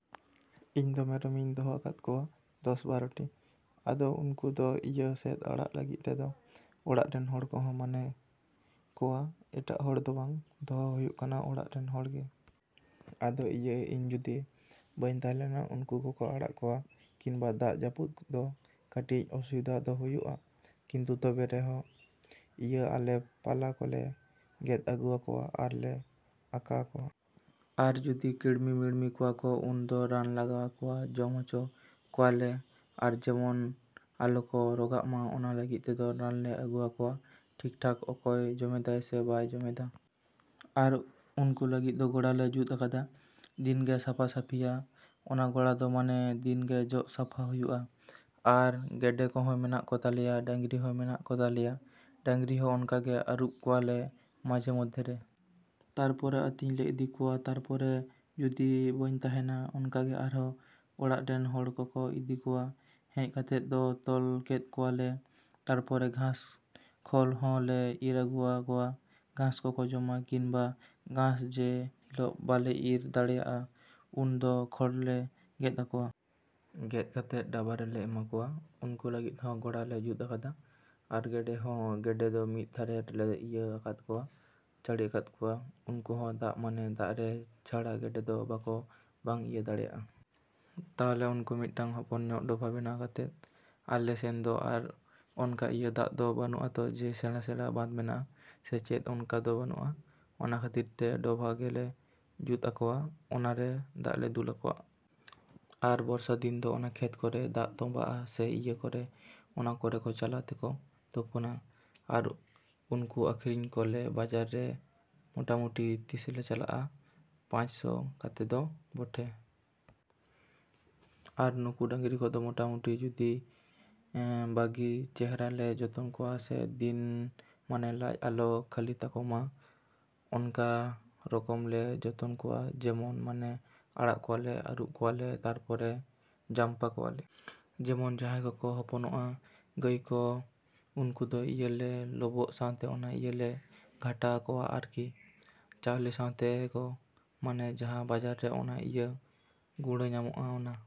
‎ᱤᱧ ᱫᱚ ᱢᱮᱨᱚᱢ ᱤᱧ ᱫᱚᱦᱚ ᱟᱠᱟᱫ ᱠᱚᱣᱟ ᱫᱚᱥᱼᱵᱟᱨᱚᱴᱤ᱾ ᱟᱫᱚ ᱩᱱᱠᱩ ᱫᱚ ᱤᱭᱟᱹ ᱥᱮᱫ ᱟᱲᱟᱜ ᱞᱟᱹᱜᱤᱫ ᱛᱮᱫᱚ ᱚᱲᱟᱜ ᱨᱮᱱ ᱦᱚᱲ ᱠᱚᱦᱚᱸ ᱢᱟᱱᱮ ᱠᱚᱣᱟ ᱮᱴᱟᱜ ᱦᱚᱲ ᱫᱚ ᱵᱟᱝ, ᱫᱚᱦᱚ ᱦᱩᱭᱩᱜ ᱠᱟᱱᱟ ᱚᱲᱟᱜ ᱨᱮᱱ ᱦᱚᱲ ᱜᱮ᱾ ᱟᱫᱚ ᱤᱭᱟᱹ ᱤᱧ ᱡᱩᱫᱤ ᱵᱟᱹᱧ ᱛᱟᱦᱮᱸ ᱞᱮᱱᱟ ᱩᱱᱠᱩ ᱠᱚᱠᱚ ᱟᱲᱟᱜ ᱠᱚᱣᱟ ᱠᱤᱱᱵᱟ ᱫᱟᱜ ᱡᱟᱹᱯᱩᱫ ᱫᱚ ᱠᱟᱹᱴᱤᱡ ᱚᱥᱩᱵᱤᱫᱷᱟ ᱫᱚ ᱦᱩᱭᱩᱜᱼᱟ᱾ ᱠᱤᱱᱛᱩ ᱛᱚᱵᱮ ᱨᱮᱦᱚᱸ ᱤᱭᱟᱹ ᱟᱞᱮ ᱯᱟᱞᱟ ᱠᱚᱞᱮ ᱜᱮᱫ ᱟᱹᱜᱩ ᱟᱠᱚᱣᱟ ᱟᱨ ᱞᱮ ᱟᱠᱟ ᱟᱠᱚᱣᱟ᱾ ᱟᱨ ᱡᱩᱫᱤ ᱠᱤᱲᱢᱤᱼᱢᱤᱲᱢᱤ ᱠᱚᱣᱟ ᱠᱚ ᱩᱱ ᱫᱚ ᱨᱟᱱ ᱞᱟᱜᱟᱣ ᱟᱠᱚᱣᱟ ᱡᱚᱢ ᱦᱚᱪᱚ ᱠᱚᱣᱟ ᱞᱮ᱾ ᱟᱨ ᱡᱮᱢᱚᱱ ᱟᱞᱚᱠᱚ ᱨᱚᱜᱟᱜ ᱢᱟ ᱚᱱᱟ ᱞᱟᱹᱜᱤᱫ ᱛᱮᱫᱚ ᱨᱟᱱ ᱞᱮ ᱟᱹᱜᱩ ᱟᱠᱚᱣᱟ ᱴᱷᱤᱠ ᱴᱷᱟᱠ ᱚᱠᱚᱭ ᱡᱚᱢᱮᱫᱟᱭ ᱥᱮ ᱵᱟᱭ ᱡᱚᱢᱮᱫᱟ᱾ ᱟᱨ ᱩᱱᱠᱩ ᱞᱟᱹᱜᱤᱫ ᱫᱚ ᱜᱚᱲᱟ ᱞᱮ ᱡᱩᱫ ᱟᱠᱟᱫᱼᱟ, ᱫᱤᱱ ᱜᱮ ᱥᱟᱯᱷᱟᱼᱥᱟᱯᱷᱤᱭᱟ᱾ ᱚᱱᱟ ᱜᱚᱲᱟ ᱫᱚ ᱢᱟᱱᱮ ᱫᱤᱱ ᱜᱮ ᱡᱚᱜ ᱥᱟᱯᱷᱟ ᱦᱩᱭᱩᱜᱼᱟ᱾ ᱟᱨ ᱜᱮᱰᱮ ᱠᱚᱦᱚᱸ ᱢᱮᱱᱟᱜ ᱠᱚ ᱛᱟᱞᱮᱭᱟ, ᱰᱟᱝᱨᱤ ᱦᱚᱸ ᱢᱮᱱᱟᱜ ᱠᱚ ᱛᱟᱞᱮᱭᱟ᱾ ᱰᱟᱝᱨᱤ ᱦᱚᱸ ᱚᱱᱠᱟ ᱜᱮ ᱟᱹᱨᱩᱵ ᱠᱚᱣᱟ ᱞᱮ ᱢᱟᱡᱷᱮᱼᱢᱚᱫᱷᱮ ᱨᱮ᱾ ᱛᱟᱨᱯᱚᱨᱮ ᱟᱛᱤᱧ ᱞᱮ ᱤᱫᱤ ᱠᱚᱣᱟ᱾ ᱛᱟᱨᱯᱚᱨᱮ ᱡᱩᱫᱤ ᱵᱟᱹᱧ ᱛᱟᱦᱮᱱᱟ ᱚᱱᱠᱟ ᱜᱮ ᱟᱨᱦᱚᱸ ᱚᱲᱟᱜ ᱨᱤᱱ ᱦᱚᱲ ᱠᱚᱠᱚ ᱤᱫᱤ ᱠᱚᱣᱟ᱾ ᱦᱮᱡ ᱠᱟᱛᱮᱫ ᱫᱚ ᱛᱚᱞ ᱠᱮᱫ ᱠᱚᱣᱟ ᱞᱮ᱾ ᱛᱟᱨᱯᱚᱨᱮ ᱜᱷᱟᱸᱥ ᱠᱷᱚᱞ ᱦᱚᱸ ᱞᱮ ᱤᱨ ᱟᱹᱜᱩᱣᱟ ᱠᱚᱣᱟ, ᱜᱷᱟᱸᱥ ᱠᱚᱠᱚ ᱡᱚᱢᱟ ᱠᱤᱱᱵᱟ ᱜᱷᱟᱸᱥ ᱡᱮ ᱦᱤᱞᱚᱜ ᱵᱟᱞᱮ ᱤᱨ ᱫᱟᱲᱮᱭᱟᱜᱼᱟ ᱩᱱ ᱫᱚ ᱠᱷᱚᱲ ᱞᱮ ᱜᱮᱫ ᱟᱠᱚᱣᱟ᱾ ᱜᱮᱫ ᱠᱟᱛᱮᱫ ᱰᱟᱵᱟ ᱨᱮᱞᱮ ᱮᱢᱟ ᱠᱚᱣᱟ᱾ ᱩᱱᱠᱩ ᱞᱟᱹᱜᱤᱫ ᱦᱚᱸ ᱜᱚᱲᱟ ᱞᱮ ᱡᱩᱫ ᱟᱠᱟᱫᱟ᱾ ᱟᱨ ᱜᱮᱰᱮ ᱦᱚᱸ, ᱜᱮᱰᱮ ᱫᱚ ᱢᱤᱫ ᱫᱷᱟᱨᱮ ᱨᱮᱞᱮ ᱤᱭᱟᱹ ᱟᱠᱟᱫ ᱠᱚᱣᱟ, ᱪᱟᱹᱲᱤ ᱟᱠᱟᱫ ᱠᱚᱣᱟ᱾ ᱩᱱᱠᱩ ᱦᱚᱸ ᱫᱟᱜ ᱢᱟᱱᱮ ᱫᱟᱜ ᱨᱮ ᱪᱷᱟᱲᱟ ᱜᱮᱰᱮ ᱫᱚ ᱵᱟᱠᱚ ᱵᱟᱝ ᱤᱭᱟᱹ ᱫᱟᱲᱮᱭᱟᱜᱼᱟ᱾ ᱛᱟᱦᱚᱞᱮ ᱩᱱᱠᱩ ᱢᱤᱫᱴᱟᱝ ᱦᱚᱯᱚᱱ ᱧᱚᱜ ᱰᱚᱵᱷᱟ ᱵᱮᱱᱟᱣ ᱠᱟᱛᱮᱫ ᱟᱞᱮ ᱥᱮᱱ ᱫᱚ ᱟᱨ ᱚᱱᱠᱟ ᱤᱭᱟᱹ ᱫᱟᱜ ᱫᱚ ᱵᱟᱹᱱᱩᱜᱼᱟ ᱛᱚ ᱡᱮ ᱥᱮᱬᱟᱼᱥᱮᱬᱟ ᱵᱟᱸᱫᱽ ᱢᱮᱱᱟᱜᱼᱟ ᱥᱮ ᱪᱮᱫ ᱚᱱᱠᱟ ᱫᱚ ᱵᱟᱹᱱᱩᱜᱼᱟ᱾ ᱚᱱᱟ ᱠᱷᱟᱹᱛᱤᱨ ᱛᱮ ᱰᱚᱵᱷᱟ ᱜᱮ ᱞᱮ ᱡᱩᱫ ᱟᱠᱚᱣᱟ, ᱚᱱᱟ ᱨᱮ ᱫᱟᱜ ᱞᱮ ᱫᱩᱞ ᱟᱠᱚᱣᱟ᱾ ᱟᱨ ᱵᱚᱨᱥᱟ ᱫᱤᱱ ᱫᱚ ᱚᱱᱟ ᱠᱷᱮᱛ ᱠᱚᱨᱮ ᱫᱟᱜ ᱛᱚᱢᱵᱟᱜᱼᱟ ᱥᱮ ᱤᱭᱟᱹ ᱠᱚᱨᱮ ᱚᱱᱟ ᱠᱚᱨᱮ ᱠᱚ ᱪᱟᱞᱟᱜ ᱛᱮᱠᱚ ᱛᱚᱯᱳᱱᱼᱟ᱾ ᱟᱨ ᱩᱱᱠᱩ ᱟᱠᱷᱨᱤᱧ ᱠᱚ ᱞᱮ ᱵᱟᱡᱟᱨ ᱨᱮ ᱢᱚᱴᱟᱼᱢᱚᱴᱤ ᱛᱤᱥ ᱞᱮ ᱪᱟᱞᱟᱜᱼᱟ ᱯᱟᱪ ᱥᱚ ᱠᱟᱛᱮᱫ ᱫᱚ ᱵᱚᱴᱷᱮ᱾ ᱟᱨ ᱱᱩᱠᱩ ᱰᱟᱝᱨᱤ ᱠᱚᱫᱚ ᱢᱚᱴᱟᱼᱢᱚᱴᱤ ᱡᱩᱫᱤ ᱵᱟᱜᱤ ᱪᱮᱨᱦᱟ ᱞᱮ ᱡᱚᱛᱚᱱ ᱠᱚᱣᱟ ᱥᱮ ᱫᱤᱱ ᱢᱟᱱᱮ ᱞᱟᱡ ᱟᱞᱚ ᱠᱷᱟᱹᱞᱤ ᱛᱟᱠᱚ ᱢᱟ ᱚᱱᱠᱟ ᱨᱚᱠᱚᱢ ᱞᱮ ᱡᱚᱛᱚᱱ ᱠᱚᱣᱟ ᱡᱮᱢᱚᱱ ᱢᱟᱱᱮ ᱟᱲᱟᱜ ᱠᱚᱣᱟ ᱞᱮ, ᱟᱹᱨᱩᱵ ᱠᱚᱣᱟ ᱞᱮ, ᱛᱟᱨᱯᱚᱨᱮ ᱡᱟᱢᱯᱟ ᱠᱚᱣᱟ ᱞᱮ᱾ ᱡᱮᱢᱚᱱ ᱡᱟᱦᱟᱭ ᱠᱚᱠᱚ ᱦᱚᱯᱚᱱᱚᱜᱼᱟ ᱜᱟᱭ ᱠᱚ ᱩᱱᱠᱩ ᱫᱚ ᱤᱭᱟᱹ ᱞᱮ ᱞᱚᱵᱚᱜ ᱥᱟᱶᱛᱮ ᱚᱱᱟ ᱤᱭᱟᱹ ᱞᱮ ᱜᱷᱟᱴᱟ ᱟᱠᱚᱣᱟ ᱟᱨ ᱠᱤ᱾ ᱪᱟᱣᱞᱮ ᱥᱟᱶᱛᱮ ᱫᱚ ᱢᱟᱱᱮ ᱡᱟᱦᱟᱸ ᱵᱟᱡᱟᱨ ᱨᱮ ᱚᱱᱟ ᱤᱭᱟᱹ ᱜᱩᱲᱟ. ᱧᱟᱢᱚᱜ ᱟ ᱚᱱᱟ ᱾